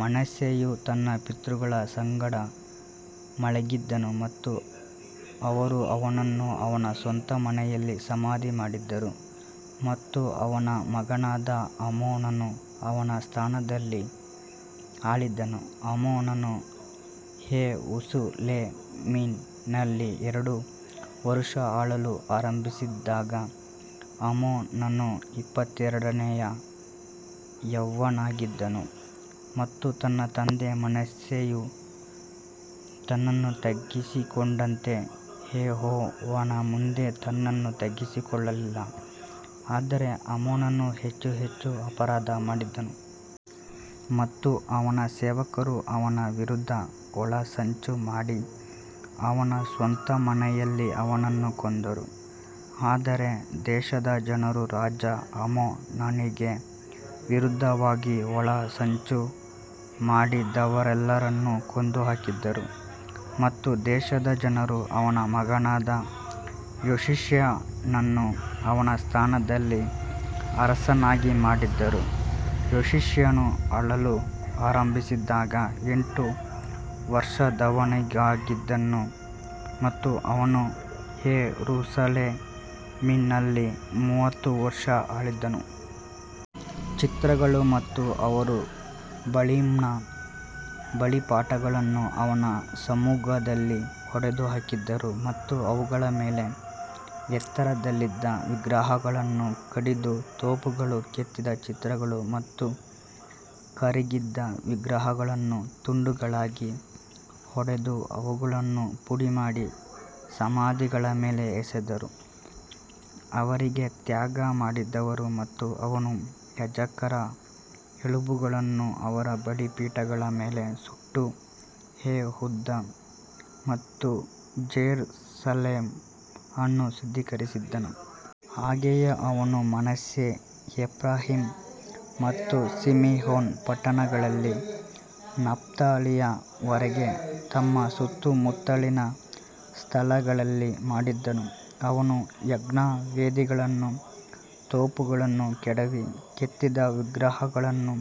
ಮನಸ್ಸೆಯು ತನ್ನ ಪಿತೃಗಳ ಸಂಗಡ ಮಲಗಿದನು ಮತ್ತು ಅವರು ಅವನನ್ನು ಅವನ ಸ್ವಂತ ಮನೆಯಲ್ಲಿ ಸಮಾಧಿ ಮಾಡಿದರು ಮತ್ತು ಅವನ ಮಗನಾದ ಆಮೋನನು ಅವನ ಸ್ಥಾನದಲ್ಲಿ ಆಳಿದನು. ಆಮೋನನು ಯೆರೂಸಲೇಮಿನಲ್ಲಿ ಎರಡು ವರುಷ ಆಳಲು ಆರಂಭಿಸಿದಾಗ ಆಮೋನನು ಇಪ್ಪತ್ತೆರಡನೆಯವನಾಗಿದ್ದನು ಮತ್ತು ತನ್ನ ತಂದೆ ಮನಸ್ಸೆಯು ತನ್ನನ್ನು ತಗ್ಗಿಸಿಕೊಂಡಂತೆ ಯೆಹೋವನ ಮುಂದೆ ತನ್ನನ್ನು ತಗ್ಗಿಸಿಕೊಳ್ಳಲಿಲ್ಲ ಆದರೆ ಆಮೋನನು ಹೆಚ್ಚು ಹೆಚ್ಚು ಅಪರಾಧ ಮಾಡಿದನು. ಮತ್ತು ಅವನ ಸೇವಕರು ಅವನ ವಿರುದ್ಧ ಒಳಸಂಚು ಮಾಡಿ ಅವನ ಸ್ವಂತ ಮನೆಯಲ್ಲಿ ಅವನನ್ನು ಕೊಂದರು ಆದರೆ ದೇಶದ ಜನರು ರಾಜ ಆಮೋನನಿಗೆ ವಿರುದ್ಧವಾಗಿ ಒಳಸಂಚು ಮಾಡಿದವರೆಲ್ಲರನ್ನು ಕೊಂದುಹಾಕಿದರು ಮತ್ತು ದೇಶದ ಜನರು ಅವನ ಮಗನಾದ ಯೋಷೀಯನನ್ನು ಅವನ ಸ್ಥಾನದಲ್ಲಿ ಅರಸನನ್ನಾಗಿ ಮಾಡಿದರು. ಯೋಷೀಯನು ಆಳಲು ಆರಂಭಿಸಿದಾಗ ಎಂಟು ವರ್ಷದವನಾಗಿದ್ದನು ಮತ್ತು ಅವನು ಯೆರೂಸಲೇಮಿನಲ್ಲಿ ಮೂವತ್ತು ವರ್ಷ ಆಳಿದನು. ಚಿತ್ರಗಳು ಮತ್ತು ಅವರು ಬಾಲಿಮ್ನ ಬಲಿಪೀಠಗಳನ್ನು ಅವನ ಸಮ್ಮುಖದಲ್ಲಿ ಒಡೆದು ಹಾಕಿದರು ಮತ್ತು ಅವುಗಳ ಮೇಲೆ ಎತ್ತರದಲ್ಲಿದ್ದ ವಿಗ್ರಹಗಳನ್ನು ಕಡಿದು, ತೋಪುಗಳು, ಕೆತ್ತಿದ ಚಿತ್ರಗಳು ಮತ್ತು ಕರಗಿದ ವಿಗ್ರಹಗಳನ್ನು ತುಂಡುಗಳಾಗಿ ಒಡೆದು ಅವುಗಳನ್ನು ಪುಡಿಮಾಡಿ ಸಮಾಧಿಗಳ ಮೇಲೆ ಎಸೆದರು. ಅವರಿಗೆ ತ್ಯಾಗ ಮಾಡಿದವರು ಮತ್ತು ಅವನು ಯಾಜಕರ ಎಲುಬುಗಳನ್ನು ಅವರ ಬಲಿಪೀಠಗಳ ಮೇಲೆ ಸುಟ್ಟು ಯೆಹೂದ ಮತ್ತು ಜೆರುಸಲೆಮ್ ಅನ್ನು ಶುದ್ಧೀಕರಿಸಿದನು. ಹಾಗೆಯೇ ಅವನು ಮನಸ್ಸೆ, ಎಫ್ರಾಯೀಮ್ ಮತ್ತು ಸಿಮಿಯೋನ್ ಪಟ್ಟಣಗಳಲ್ಲಿ ನಫ್ತಾಲಿಯ ವರೆಗೆ ತಮ್ಮ ಸುತ್ತುಮುತ್ತಲಿನ ಸ್ಥಳಗಳಲ್ಲಿ ಮಾಡಿದನು. ಅವನು ಯಜ್ಞವೇದಿಗಳನ್ನೂ ತೋಪುಗಳನ್ನೂ ಕೆಡವಿ ಕೆತ್ತಿದ ವಿಗ್ರಹಗಳನ್ನು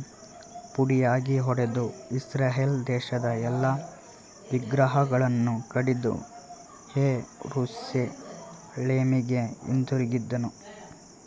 ಪುಡಿಯಾಗಿ ಹೊಡೆದು ಇಸ್ರಾಯೇಲ್ ದೇಶದ ಎಲ್ಲಾ ವಿಗ್ರಹಗಳನ್ನು ಕಡಿದು ಯೆರೂಸಲೇಮಿಗೆ ಹಿಂದಿರುಗಿದನು.